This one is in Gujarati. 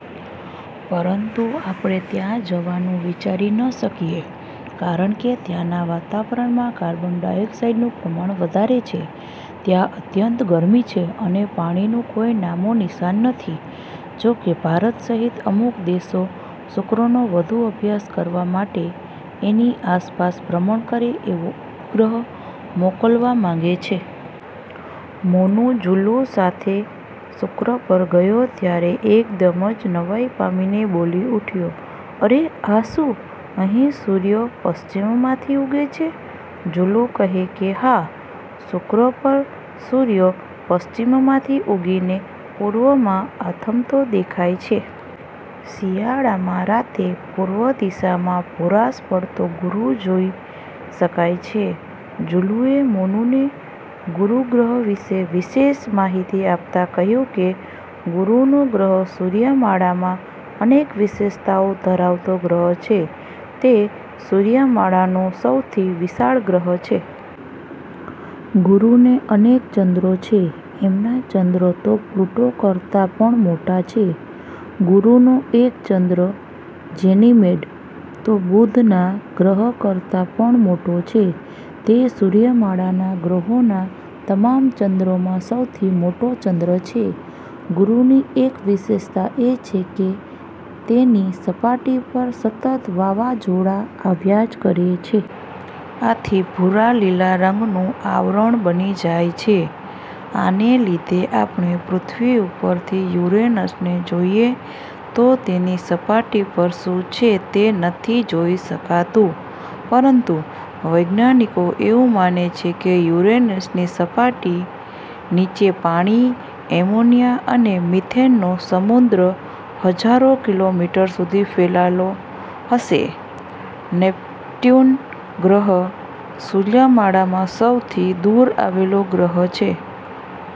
પરંતુ આપણે ત્યાં જવાનું વિચારી ન શકીએ કારણકે ત્યાંના વાતાવરણમાં કાર્બન ડાયોકસાઈડનું પ્રમાણ વધારે છે. ત્યાં અત્યંત ગરમી છે અને પાણીનું કોઈ નામોનિશાન નથી. જો કે ભારત સહીત અમુક દેશો શુક્રનો વધુ અભ્યાસ કરવા માટે એની આસપાસ ભ્રમણ કરે એવો ઉપગ્રહ મોકલવા માંગે છે. મોનુ જુલ્લુ સાથે શુક્ર પર ગયો ત્યારે એકદમ જ નવાઈ પામીને બોલી ઉઠ્યો, "અરે આ શું? અહીં સૂર્ય પશ્ચિમમાંથી ઉગે છે? " જુલ્લુ કહે કે, "હા, શુક્ર પર સૂર્ય પશ્ચિમમાંથી ઉગીને પૂર્વમાં આથમતો દેખાય છે". શિયાળામાં રાતે પૂર્વ દિશામાં ભૂરાશ પડતો ગુરુ જોઈ શકાય છે. જુલ્લુએ મોનુને ગુરુ ગ્રહ વિષે વિશેષ માહિતી આપતાં કહ્યું કે ગુરુનો ગ્રહ સૂર્યમાળામાં અનેક વિશેષતાઓ ધરાવતો ગ્રહ છે. તે સૂર્યમાળાનો સૌથી વિશાળ ગ્રહ છે. ગુરુને અનેક ચંદ્રો છે. એમના ચંદ્ર તો પ્લુટો કરતાં પણ મોટા છે. ગુરુનો એક ચંદ્ર "જેનીમેડ" તો બુધના ગ્રહ કરતાં પણ મોટો છે. તે સૂર્યમાળાના ગ્રહોના તમામ ચંદ્રોમાં સૌથી મોટો ચંદ્ર છે. ગુરુની એક વિશેષતા એ છે કે તેની સપાટી પર સતત વાવાઝોડા આવ્યા જ કરે છે. આથી ભૂરા-લીલા રંગનું આવરણ બની જાય છે. આને લીધે આપણે પૃથ્વી ઉપરથી યુરેનસને જોઈએ તો એની સપાટી પર શું છે તે નથી જોઈ શકાતું. પરંતુ વૈજ્ઞાનિકો એવું માને છે કે યુરેનસની સપાટી નીચે પાણી, એમોનીયા અને મીથેનનો સમુદ્ર હજારો કિલોમીટર સુધી ફેલાયેલો હશે. નેપ્ટયુન ગ્રહ સૂર્યમાળામાં સૌથી દુર આવેલો ગ્રહ છે.